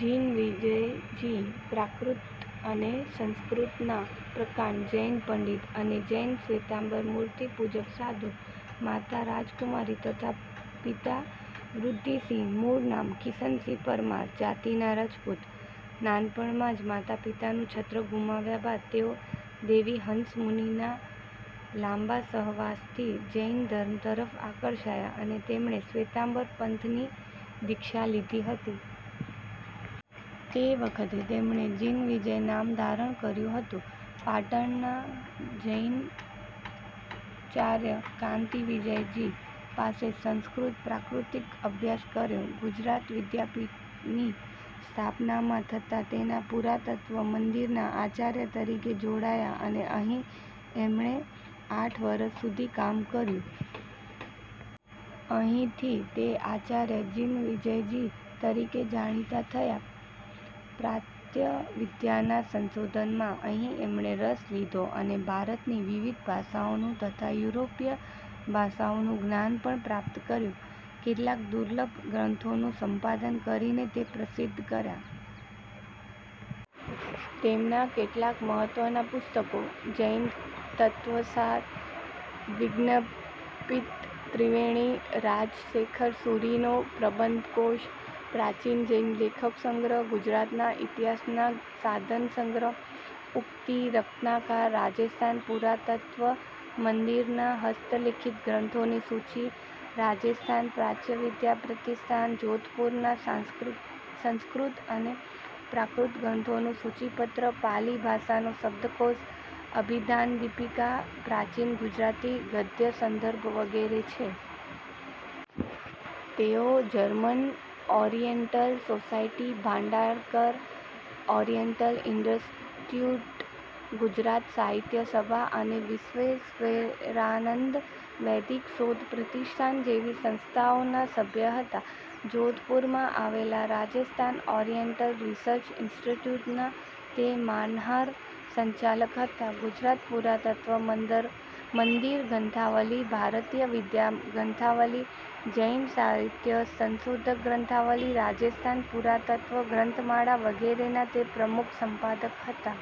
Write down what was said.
જિનવિજયજી: પ્રાકૃત અને સંસ્કૃતના પ્રકાંડ જૈન પંડિત અને જૈન શ્વેતાંબર મૂર્તિપૂજક સાધુ. માતા રાજકુમારી તથા પિતા વૃદ્ધિસિંહ. મૂળ નામ કિશનસિંહ. પરમાર જાતિના રજપૂત. નાનપણમાં જ માતાપિતાનું છત્ર ગુમાવ્યા બાદ તેઓ દેવીહંસ મુનિના લાંબા સહવાસથી જૈન ધર્મ તરફ આકર્ષાયા અને તેમણે શ્વેતાંબર પંથની દીક્ષા લીધી હતી. તે વખતે તેમણે જિનવિજય નામ ધારણ કર્યું હતું. પાટણના જૈનાચાર્ય કાન્તિવિજયજી પાસે સંસ્કૃત-પ્રાકૃત અભ્યાસ કર્યો. ગૂજરાત વિદ્યાપીઠની સ્થાપના માં થતાં તેના પુરાતત્ત્વ મંદિરના આચાર્ય તરીકે જોડાયા અને અહીં તેમણે આઠ વરસ સુધી કામ કર્યું. અહીંથી તે આચાર્ય જિનવિજયજી તરીકે જાણીતા થયા. પ્રાચ્ય વિદ્યાના સંશોધનમાં અહીં તેમણે રસ લીધો અને ભારતની વિવિધ ભાષાઓનું તથા યુરોપીય ભાષાઓનું જ્ઞાન પણ પ્રાપ્ત કર્યું. કેટલાક દુર્લભ ગ્રંથોનું સંપાદન કરીને તે પ્રસિદ્ધ કર્યા. તેમનાં કેટલાંક મહત્ત્વનાં પુસ્તકો: જૈનતત્ત્વસાર, વિજ્ઞપ્તિત્રિવેણી, રાજશેખરસૂરિનો પ્રબંધકોશ, પ્રાચીન જૈન લેખસંગ્રહ, ગુજરાતના ઇતિહાસના સાધનસંગ્રહ, ઉક્તિ રત્નાકર, રાજસ્થાન પુરાતત્ત્વમંદિરના હસ્તલિખિત ગ્રંથોની સૂચિ, રાજસ્થાન પ્રાચ્યવિદ્યા પ્રતિષ્ઠાન, જોધપુરના સંસ્કૃત અને પ્રાકૃત ગ્રંથોનું સૂચિપત્ર, પાલિ ભાષાનો શબ્દકોશ 'અભિધાનદીપિકા', પ્રાચીન ગુજરાતી ગદ્યસંદર્ભ વગેરે છે. તેઓ German Oriental Society, Bhandarkar Oriental Institute, Gujarat Sahitya Sabha અને વિશ્વેશ્વરાનંદ વૈદિક શોધ પ્રતિષ્ઠાન જેવી સંસ્થાઓના સભ્ય હતા. જોધપુરમાં આવેલા રાજસ્થાન ઓરિયેન્ટલ રિસર્ચ ઇન્સ્ટિટ્યૂટના તે માનાર્હ સંચાલક હતા. ગુજરાત પુરાતત્ત્વ મંદિર ગ્રંથાવલિ, ભારતીય વિદ્યા ગ્રંથાવલિ, જૈન સાહિત્ય સંશોધક ગ્રંથાવલિ, રાજસ્થાન પુરાતત્ત્વ ગ્રંથમાળા વગેરેના તે પ્રમુખ સંપાદક હતા.